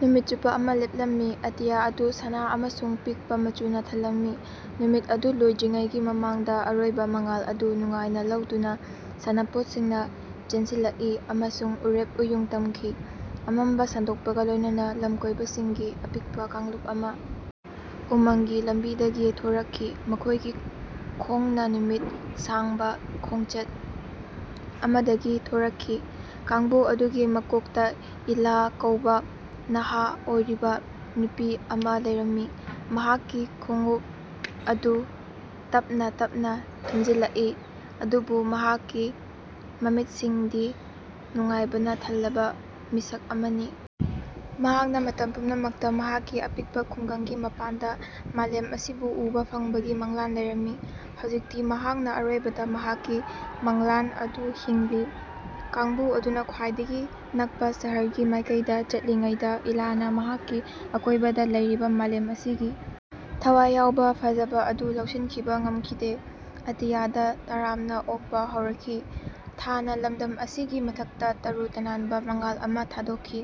ꯅꯨꯃꯤꯠ ꯆꯨꯞꯄꯥ ꯑꯃꯥ ꯂꯦꯞꯂꯝꯃꯤ ꯑꯇꯤꯌꯥ ꯑꯗꯨ ꯁꯅꯥ ꯑꯃꯁꯨꯡ ꯄꯤꯛꯄꯥ ꯃꯆꯨꯅꯥ ꯊꯜꯂꯝꯃꯤ꯫ ꯅꯨꯃꯤꯠ ꯑꯗꯨ ꯂꯣꯏꯗ꯭ꯔꯤꯉꯩꯒꯤ ꯃꯃꯥꯡꯗꯥ ꯑꯔꯣꯏꯕꯥ ꯃꯉꯥꯜ ꯑꯗꯨ ꯅꯨꯡꯉꯥꯏꯅꯥ ꯂꯧꯗꯨꯅꯥ ꯁꯥꯟꯅꯄꯣꯠꯁꯤꯡꯅꯥ ꯆꯦꯟꯁꯤꯜꯂꯛꯏ ꯑꯃꯁꯨꯡ ꯎꯔꯦꯞ ꯎꯌꯨꯡ ꯇꯝꯈꯤ꯫ ꯑꯃꯝꯕꯥ ꯁꯟꯗꯣꯛꯄꯒꯥ ꯂꯣꯏꯅꯅꯥ ꯂꯝꯀꯣꯏꯕꯁꯤꯡꯒꯤ ꯑꯄꯤꯛꯄꯥ ꯀꯥꯡꯂꯨꯞ ꯑꯃꯥ ꯎꯃꯪꯒꯤ ꯂꯝꯕꯤꯗꯒꯤ ꯊꯣꯔꯛꯈꯤ ꯃꯈꯣꯏꯒꯤ ꯈꯣꯡꯅꯥ ꯅꯨꯃꯤꯠ ꯁꯥꯡꯕꯥ ꯈꯣꯡꯆꯠ ꯑꯃꯗꯒꯤ ꯊꯣꯔꯛꯈꯤ꯫ ꯀꯥꯡꯕꯨ ꯑꯗꯨꯒꯤ ꯃꯀꯣꯛꯇꯥ ꯏꯂꯥ ꯀꯧꯕꯥ ꯅꯍꯥ ꯑꯣꯏꯔꯤꯕꯥ ꯅꯨꯄꯤ ꯑꯃꯥ ꯂꯩꯔꯝꯃꯤ ꯃꯍꯥꯛꯀꯤ ꯈꯣꯡꯎꯞ ꯑꯗꯨ ꯇꯞꯅꯥ ꯇꯞꯅꯥ ꯊꯨꯝꯖꯤꯜꯂꯛꯏ ꯑꯗꯨꯕꯨ ꯃꯍꯥꯛꯀꯤ ꯃꯃꯤꯠꯁꯤꯡꯗꯤ ꯅꯨꯡꯉꯥꯏꯕꯅꯥ ꯊꯜꯂꯕꯥ ꯃꯤꯁꯛ ꯑꯃꯅꯤ꯫ ꯃꯍꯥꯛꯅꯥ ꯃꯇꯝ ꯄꯨꯝꯅꯃꯛꯇꯥ ꯃꯍꯥꯛꯀꯤ ꯑꯄꯤꯛꯄꯥ ꯈꯨꯡꯒꯪꯒꯤ ꯃꯄꯥꯟꯗꯥ ꯃꯥꯂꯦꯝ ꯑꯁꯤꯕꯨ ꯎꯕꯥ ꯐꯪꯕꯒꯤ ꯃꯪꯂꯥꯟ ꯂꯩꯔꯝꯃꯤ ꯍꯧꯖꯤꯛꯇꯤ ꯃꯍꯥꯛꯅꯥ ꯑꯔꯣꯏꯕꯗꯥ ꯃꯍꯥꯛꯀꯤ ꯃꯪꯂꯥꯟ ꯑꯗꯨ ꯍꯤꯡꯂꯤ꯫ ꯀꯥꯡꯕꯨ ꯑꯗꯨꯅꯥ ꯈ꯭ꯋꯥꯏꯗꯒꯤ ꯅꯛꯄꯥ ꯁꯍꯔꯒꯤ ꯃꯥꯏꯀꯩꯗꯥ ꯆꯠꯂꯤꯉꯩꯗꯥ ꯏꯂꯥꯅꯥ ꯃꯍꯥꯛꯀꯤ ꯑꯀꯣꯏꯕꯗꯥ ꯂꯩꯔꯤꯕꯥ ꯃꯥꯂꯦꯝ ꯑꯁꯤꯒꯤ ꯊꯋꯥꯏ ꯌꯥꯎꯕꯥ ꯐꯖꯕꯥ ꯑꯗꯨ ꯂꯧꯁꯤꯟꯈꯤꯕꯥ ꯉꯝꯈꯤꯗꯦ꯫ ꯑꯇꯤꯌꯥꯗꯥ ꯇꯔꯥꯝꯅꯥ ꯑꯣꯛꯄꯥ ꯍꯧꯔꯛꯈꯤ ꯊꯥꯅꯥ ꯂꯝꯗꯝ ꯑꯁꯤꯒꯤ ꯃꯊꯛꯇꯥ ꯇꯔꯨ ꯇꯅꯥꯟꯕꯥ ꯃꯉꯥꯜ ꯑꯃꯥ ꯊꯥꯗꯣꯛꯈꯤ꯫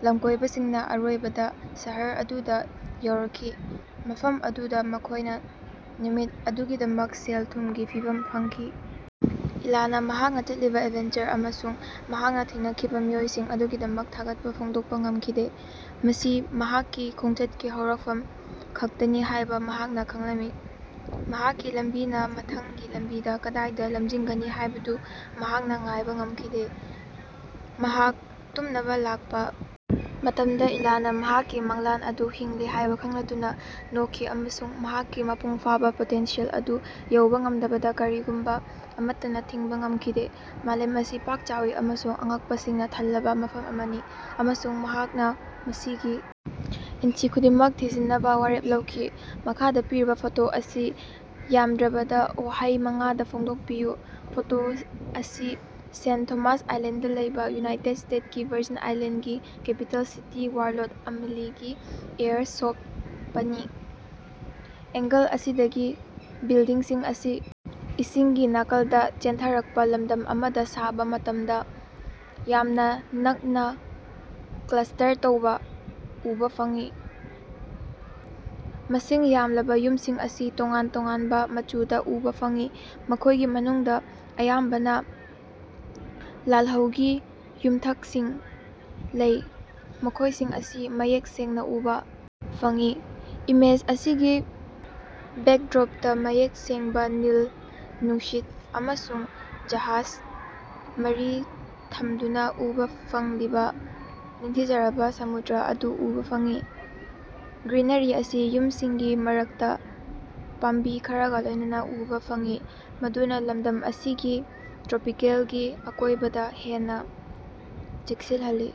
ꯂꯝꯀꯣꯏꯕꯁꯤꯡꯅꯥ ꯑꯔꯣꯏꯕꯗꯥ ꯁꯍꯔ ꯑꯗꯨꯗꯥ ꯌꯧꯔꯛꯈꯤ ꯃꯐꯝ ꯑꯗꯨꯗꯥ ꯃꯈꯣꯏꯅꯥ ꯅꯨꯃꯤꯠ ꯑꯗꯨꯒꯤꯗꯃꯛ ꯁꯦꯜ ꯊꯨꯝꯒꯤ ꯐꯤꯚꯝ ꯐꯪꯈꯤ꯫ ꯏꯂꯥꯅꯥ ꯃꯍꯥꯛꯅꯥ ꯆꯠꯂꯤꯕꯥ ꯑꯦꯗꯚꯦꯟꯆꯔ ꯑꯃꯁꯨꯡ ꯃꯍꯥꯛꯅꯥ ꯊꯦꯡꯅꯈꯤꯕꯥ ꯃꯤꯑꯣꯏꯁꯤꯡ ꯑꯗꯨꯒꯤꯗꯃꯛ ꯊꯥꯒꯠꯄꯥ ꯐꯣꯡꯗꯣꯛꯄꯥ ꯉꯝꯈꯤꯗꯦ꯫ ꯃꯁꯤ ꯃꯍꯥꯛꯀꯤ ꯈꯣꯡꯆꯠꯀꯤ ꯍꯧꯔꯛꯐꯝ ꯈꯛꯇꯅꯤ ꯍꯥꯏꯕꯥ ꯃꯍꯥꯛꯅꯥ ꯈꯪꯂꯝꯏ ꯃꯍꯥꯛꯀꯤ ꯂꯝꯕꯤꯅꯥ ꯃꯊꯪꯒꯤ ꯂꯝꯕꯤꯗꯥ ꯀꯗꯥꯏꯗꯥ ꯂꯝꯖꯤꯡꯒꯅꯤ ꯍꯥꯏꯕꯗꯨ ꯃꯍꯥꯛꯅꯥ ꯉꯥꯏꯕꯥ ꯉꯝꯈꯤꯗꯦ꯫ ꯃꯍꯥꯛ ꯇꯨꯝꯅꯕꯥ ꯂꯥꯛꯄꯥ ꯃꯇꯝꯗꯥ ꯏꯂꯥꯅꯥ ꯃꯍꯥꯛꯀꯤ ꯃꯪꯂꯥꯟ ꯑꯗꯨ ꯍꯤꯡꯂꯤ ꯍꯥꯏꯕꯥ ꯈꯪꯂꯗꯨꯅꯥ ꯅꯣꯛꯈꯤ ꯑꯃꯁꯨꯡ ꯃꯍꯥꯛꯀꯤ ꯃꯄꯨꯡ ꯐꯥꯕꯥ ꯄꯣꯇꯦꯟꯁꯤꯌꯦꯜ ꯑꯗꯨ ꯌꯧꯕꯥ ꯉꯝꯗꯕꯗꯥ ꯀꯔꯤꯒꯨꯝꯕꯥ ꯑꯃꯠꯇꯅꯥ ꯊꯤꯡꯕꯥ ꯉꯝꯈꯤꯗꯦ꯫ ꯃꯥꯂꯦꯝ ꯑꯁꯤ ꯄꯥꯛ ꯆꯥꯎꯏ ꯑꯃꯁꯨꯡ ꯑꯉꯛꯄꯁꯤꯡꯅꯥ ꯊꯜꯂꯕꯥ ꯃꯐꯝ ꯑꯃꯅꯤ ꯑꯃꯁꯨꯡ ꯃꯍꯥꯛꯅꯥ ꯃꯁꯤꯒꯤ ꯏꯟꯆꯤ ꯈꯨꯗꯤꯡꯃꯛ ꯊꯤꯖꯤꯟꯅꯕꯥ ꯋꯥꯔꯦꯞ ꯂꯧꯈꯤ꯫ ꯃꯈꯥꯗꯥ ꯄꯤꯔꯤꯕꯥ ꯐꯣꯇꯣ ꯑꯁꯤ ꯌꯥꯝꯗ꯭ꯔꯕꯗꯥ ꯋꯥꯍꯩ ꯃꯉꯥꯗꯥ ꯐꯣꯡꯗꯣꯛꯄꯤꯌꯨ꯫ ꯐꯣꯇꯣ ꯑꯁꯤ ꯁꯦꯟ꯫ ꯊꯣꯃꯥꯁ ꯑꯥꯏꯂꯦꯟꯗꯗꯥ ꯂꯩꯕꯥ ꯌꯨꯅꯥꯏꯇꯦꯗ ꯁ꯭ꯇꯦꯠꯀꯤ ꯚꯔꯖꯤꯟ ꯑꯥꯏꯂꯦꯟꯗꯒꯤ ꯀꯦꯄꯤꯇꯦꯜ ꯁꯤꯇꯤ ꯆꯥꯔꯂꯣꯠ ꯑꯃꯂꯤꯒꯤ ꯑꯦꯌꯔ ꯁꯣꯠꯄꯅꯤ꯫ ꯑꯦꯡꯒꯜ ꯑꯁꯤꯗꯒꯤ ꯕꯤꯜꯗꯤꯡꯁꯤꯡ ꯑꯁꯤ ꯏꯁꯤꯡꯒꯤ ꯅꯥꯀꯜꯗꯥ ꯆꯦꯟꯊꯔꯛꯄꯥ ꯂꯝꯗꯝ ꯑꯃꯗꯥ ꯁꯥꯕꯥ ꯃꯇꯝꯗꯥ ꯌꯥꯝꯅꯥ ꯅꯛꯅꯥ ꯀ꯭ꯂꯁ꯭ꯇꯔ ꯇꯧꯕꯥ ꯎꯕꯥ ꯐꯪꯏ꯫ ꯃꯁꯤꯡ ꯌꯥꯝꯂꯕꯥ ꯌꯨꯝꯁꯤꯡ ꯑꯁꯤ ꯇꯣꯉꯥꯟ ꯇꯣꯉꯥꯟꯕꯥ ꯃꯆꯨꯗꯥ ꯎꯕꯥ ꯐꯪꯏ ꯃꯈꯣꯏꯒꯤ ꯃꯅꯨꯡꯗꯥ ꯑꯌꯥꯝꯕꯅꯥ ꯂꯥꯂꯍꯧꯒꯤ ꯌꯨꯝꯊꯛꯁꯤꯡ ꯂꯩ ꯃꯈꯣꯏꯁꯤꯡ ꯑꯁꯤ ꯃꯌꯦꯛ ꯁꯦꯡꯅꯥ ꯎꯕꯥ ꯐꯪꯏ꯫ ꯏꯃꯦꯖ ꯑꯁꯤꯒꯤ ꯕꯦꯛꯗ꯭ꯔꯣꯞꯇꯥ ꯃꯌꯦꯛ ꯁꯦꯡꯕꯥ ꯅꯤꯜ ꯅꯨꯡꯁꯤꯠ ꯑꯃꯁꯨꯡ ꯖꯍꯥꯖ ꯃꯔꯤ ꯊꯝꯗꯨꯅꯥ ꯎꯕꯥ ꯐꯪꯂꯤꯕꯥ ꯅꯤꯡꯊꯤꯖꯔꯕꯥ ꯁꯃꯨꯗ꯭ꯔ ꯑꯗꯨ ꯎꯕꯥ ꯐꯪꯏ꯫ ꯒ꯭ꯔꯤꯅꯔꯤ ꯑꯁꯤ ꯌꯨꯝꯁꯤꯡꯒꯤ ꯃꯔꯛꯇꯥ ꯄꯥꯝꯕꯤ ꯈꯔꯒꯥ ꯂꯣꯏꯅꯅꯥ ꯎꯕꯥ ꯐꯪꯏ ꯃꯗꯨꯅꯥ ꯂꯝꯗꯝ ꯑꯁꯤꯒꯤ ꯇ꯭ꯔꯣꯄꯤꯀꯦꯜꯒꯤ ꯑꯀꯣꯏꯕꯗꯥ ꯍꯦꯟꯅꯥ ꯆꯦꯠꯁꯤꯜꯍꯜꯂꯤ꯫